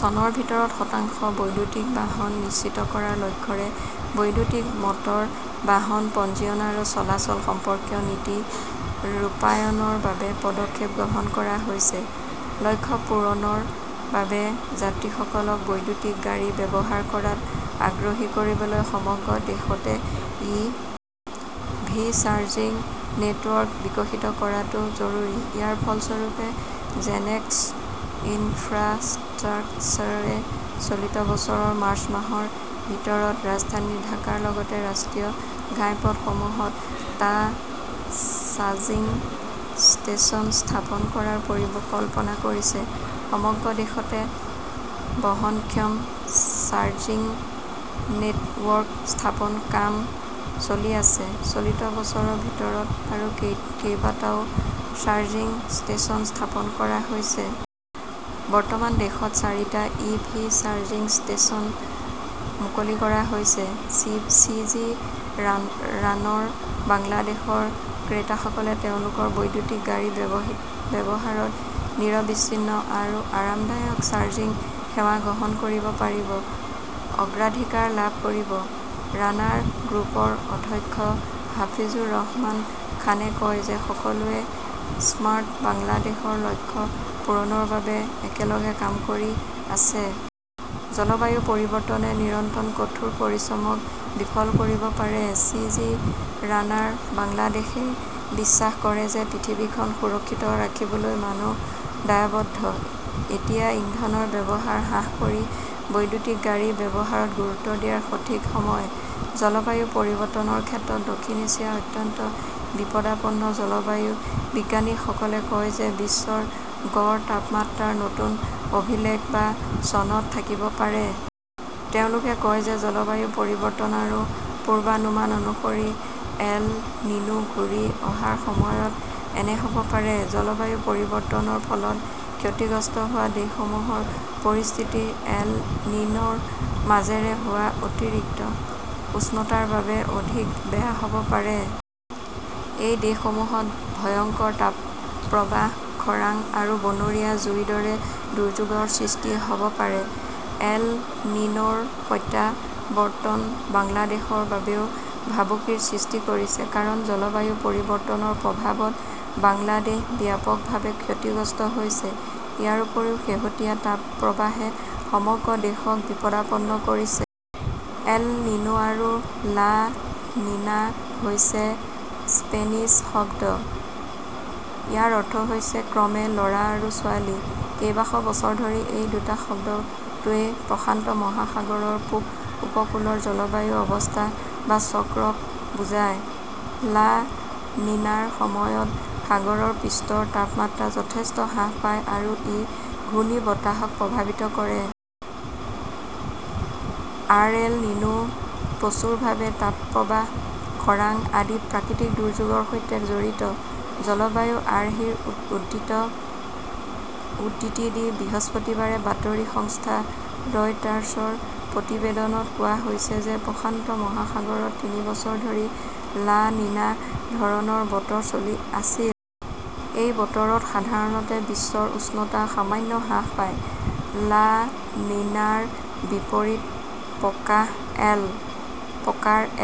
চনৰ ভিতৰত শতাংশ বৈদ্যুতিক বাহন নিশ্চিত কৰাৰ লক্ষ্যৰে বৈদ্যুতিক মটৰ বাহন পঞ্জীয়ন আৰু চলাচল সম্পৰ্কীয় নীতি- ৰ ৰূপায়ণৰ বাবে পদক্ষেপ গ্ৰহণ কৰা হৈছে। লক্ষ্য পূৰণৰ বাবে যাত্ৰীসকলক বৈদ্যুতিক গাড়ী ব্যৱহাৰ কৰাত আগ্ৰহী কৰিবলৈ সমগ্ৰ দেশতে ই. ভি. চাৰ্জিং নেটৱৰ্ক বিকশিত কৰাটো জৰুৰী। ইয়াৰ ফলস্বৰূপে, জেনেক্স ইনফ্ৰাষ্ট্ৰাকচাৰে চলিত বছৰৰ মাৰ্চ মাহৰ ভিতৰত ৰাজধানী ঢাকাৰ লগতে ৰাষ্ট্ৰীয় ঘাইপথসমূহত টা চাৰ্জিং ষ্টেচন স্থাপন কৰাৰ পৰিকল্পনা কৰিছে। সমগ্ৰ দেশতে বহনক্ষম চাৰ্জিং নেটৱৰ্ক স্থাপনৰ কাম চলি আছে, চলিত বছৰৰ ভিতৰত আৰু কেইবাটাও চাৰ্জিং ষ্টেচন স্থাপন কৰা হৈছে। বৰ্তমান দেশত চাৰিটা ই ভি চাৰ্জিং ষ্টেচন মুকলি কৰা হৈছে। চি. জি. ৰানাৰ বাংলাদেশৰ ক্ৰেতাসকলে তেওঁলোকৰ বৈদ্যুতিক গাড়ী ব্যৱহাৰত নিৰবিচ্ছিন্ন আৰু আৰামদায়ক চাৰ্জিং সেৱা গ্ৰহণ কৰিব পাৰিব; অগ্ৰাধিকাৰ লাভ কৰিব। ৰানাৰ গ্ৰুপৰ অধ্যক্ষ হাফিজুৰ ৰহমান খানে কয় যে সকলোৱে স্মাৰ্ট বাংলাদেশৰ লক্ষ্য পূৰণৰ বাবে একেলগে কাম কৰি আছে। জলবায়ু পৰিৱৰ্তনে নিৰন্তৰ কঠোৰ পৰিশ্ৰমক বিফল কৰিব পাৰে। চি. জি. ৰানাৰ বাংলাদেশই বিশ্বাস কৰে যে পৃথিৱীখন সুৰক্ষিত ৰাখিবলৈ মানুহ দায়বদ্ধ। এতিয়া ইন্ধনৰ ব্যৱহাৰ হ্ৰাস কৰি বৈদ্যুতিক গাড়ী ব্যৱহাৰত গুৰুত্ব দিয়াৰ সঠিক সময়। জলবায়ু পৰিৱৰ্তনৰ ক্ষেত্ৰত দক্ষিণ এছিয়া অত্যন্ত বিপদাপন্ন জলবায়ু বিজ্ঞানীসকলে কয় যে বিশ্বৰ গড় তাপমাত্ৰাৰ নতুন অভিলেখ বা চনত থাকিব পাৰে। তেওঁলোকে কয় যে জলবায়ু পৰিৱৰ্তন আৰু পূৰ্বানুমান অনুসৰি 'এল নিনো "ঘূৰি অহাৰ সময়ত এনে হ" ব পাৰে। জলবায়ু পৰিৱৰ্তনৰ ফলত ক্ষতিগ্ৰস্ত হোৱা দেশসমূহৰ পৰিস্থিতি এল নিন "ৰ মাজেৰে হোৱা অতিৰিক্ত উষ্ণতাৰ বাবে অধিক বেয়া হ" ব পাৰে। এই দেশসমূহত ভয়ংকৰ তাপপ্ৰবাহ, খৰাং আৰু বনৰীয়া জুইৰ দৰে দুৰ্যোগৰ সৃষ্টি হ "ব পাৰে। এল নিন "ৰ প্ৰত্যাৱৰ্তন বাংলাদেশৰ বাবেও ভাবুকিৰ সৃষ্টি কৰিছে। কাৰণ, জলবায়ু পৰিৱৰ্তনৰ প্ৰভাৱত বাংলাদেশ ব্যাপকভাৱে ক্ষতিগ্ৰস্ত হৈছে। ইয়াৰ উপৰিও শেহতীয়া তাপপ্ৰবাহে সমগ্ৰ দেশক বিপদাপন্ন কৰিছে। এল নিনো আৰু লা নিনা হৈছে স্পেনিছ শব্দ। ইয়াৰ অৰ্থ হৈছে ক্ৰমে ল "ৰা আৰু ছোৱালী। কেইবাশ বছৰ ধৰি এই দুটা শব্দটোৱে প্ৰশান্ত মহাসাগৰৰ পূব উপকূলৰ জলবায়ুৰ অৱস্থা বা চক্ৰক বুজায়। লা নিনাৰ সময়ত সাগৰৰ পৃষ্ঠৰ তাপমাত্ৰা যথেষ্ট হ্ৰাস পায় আৰু ই ঘূৰ্ণীবতাহক প্ৰভাৱিত কৰে। আৰ এল নিনো প্ৰচুৰভাৱে তাপপ্ৰবাহ, খৰাং আদি প্ৰাকৃতিক দুৰ্যোগৰ সৈতে জড়িত। জলবায়ুৰ আৰ্হিৰ উদ্ধৃতি দি বৃহস্পতিবাৰে বাতৰি সংস্থা ৰয়টাৰ্ছৰ প্ৰতিবেদনত কোৱা হৈছে যে প্ৰশান্ত মহাসাগৰত তিনি বছৰ ধৰি লা নিনা ধৰণৰ বতৰ চলি আছিল। এই বতৰত সাধাৰণতে বিশ্বৰ উষ্ণতা সামান্য হ্ৰাস পায়। লা নিনাৰ বিপৰীত প্ৰকাৰ এল